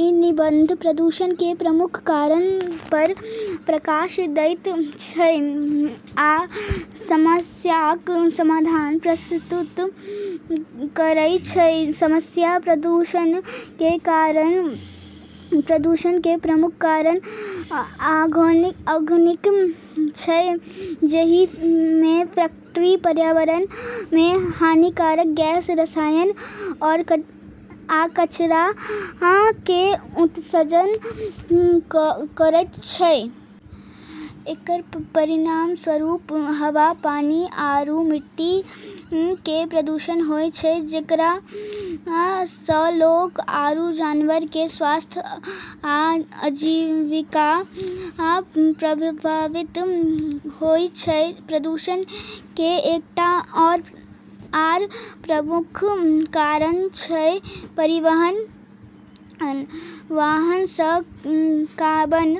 ई निबंध प्रदूषण के प्रमुख कारण पर प्रकाश दैत छै आ समस्याक समाधान प्रस्तुत करै छै। समस्या: प्रदूषण के कारण:- प्रदूषण के प्रमुख कारण औद्योगीकरण छै, जहि में फैक्ट्री पर्यावरण में हानिकारक गैस, रसायन आ कचरा के उत्सर्जन करैत छै। एकर परिणामस्वरूप हवा, पानी आरू मिट्टी के प्रदूषण होय छै, जेकरा सँ लोग आरू जानवर के स्वास्थ्य आ आजीविका प्रभावित होय छै। प्रदूषण के एकटा आर प्रमुख कारण छै परिवहन। वाहन सँ कार्बन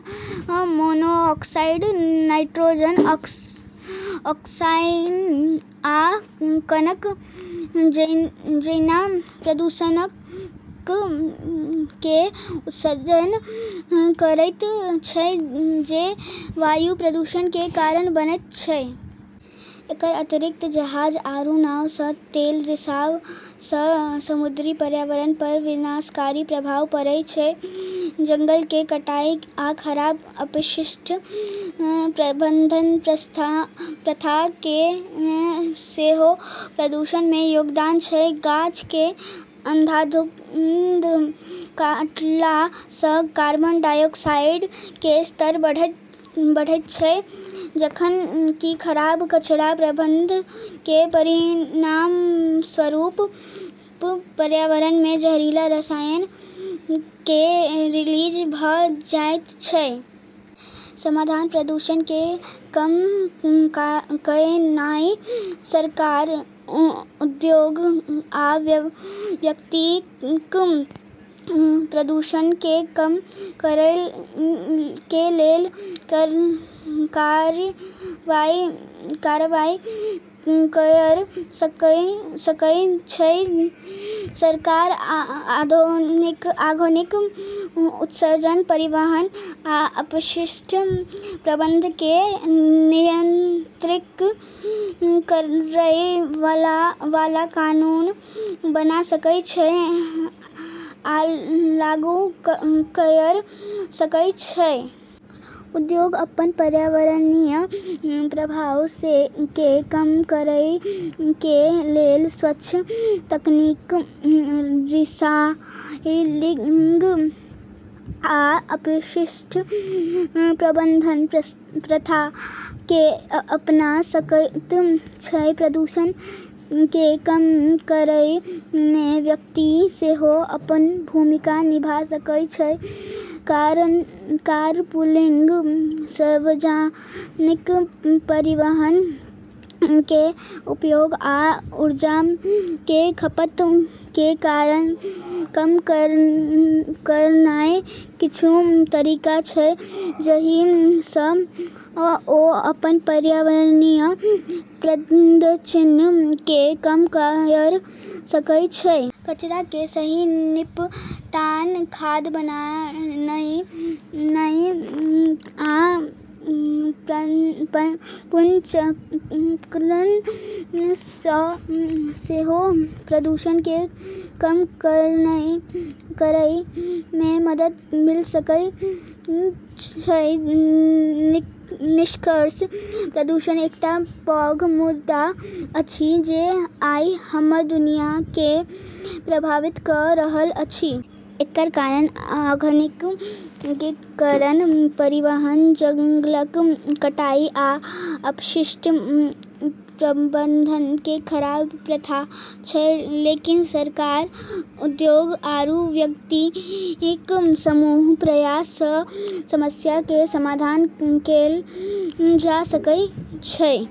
मोनोऑक्साइड, नाइट्रोजन ऑक्साइड, आ कणक जैना प्रदूषक के उत्सर्जन करैत छै, जे वायु प्रदूषण के कारण बनैत छै। एकर अतिरिक्त जहाज आरू नाव सँ तेल रिसाव सँ समुद्री पर्यावरण पर विनाशकारी प्रभाव पड़ै छै। जंगल के कटाई आ खराब अपशिष्ट प्रबंधन प्रथा के सेहो प्रदूषण में योगदान छै। गाछ के अंधाधुंध काटला सँ कार्बन डाइऑक्साइड के स्तर बढ़ैत छै, जखन कि खराब कचरा प्रबंधन के परिणामस्वरूप पर्यावरण में जहरीला रसायन के रिलीज भऽ जायत छै। समाधान: प्रदूषण के कम कयनाइ :- सरकार, उद्योग आ व्यक्ति प्रदूषण के कम करय के लेल कार्रवाई कयर सकय छै। सरकार औद्योगिक उत्सर्जन, परिवहन, आ अपशिष्ट प्रबंधन के नियंत्रित करय वाला कानून बना सकय छै आ लागू कयर सकय छै। उद्योग अपन पर्यावरणीय प्रभाव के कम करय के लेल स्वच्छ तकनीक, रीसाइक्लिंग आ अपशिष्ट प्रबंधन प्रथा के अपना सकैत छै। प्रदूषण के कम करय में व्यक्ति सेहो अपन भूमिका निभा सकय छै। कारपूलिंग, सार्वजनिक परिवहन के उपयोग, आ ऊर्जा के खपत के कम करनाय किछु तरीका छै जहि सँ ओ अपन पर्यावरणीय पदचिह्न के कम कयर सकय छै। कचरा के सही निपटान, खाद बनानाय, आ पुनर्चक्रण सँ सेहो प्रदूषण के कम करएय में मदद मिल सकय छै। निष्कर्ष:- प्रदूषण एकटा पैघ मुद्दा अछि जे आइ हमर दुनिया केँ प्रभावित कऽ रहल अछि। एकर कारण औद्योगीकरण, परिवहन, जंगलक कटाई, आ अपशिष्ट प्रबंधन के खराब प्रथा छै। लेकिन सरकार, उद्योग, आरू व्यक्ति के सामूहिक प्रयास सँ समस्या के समाधान कएल जा सकै छै।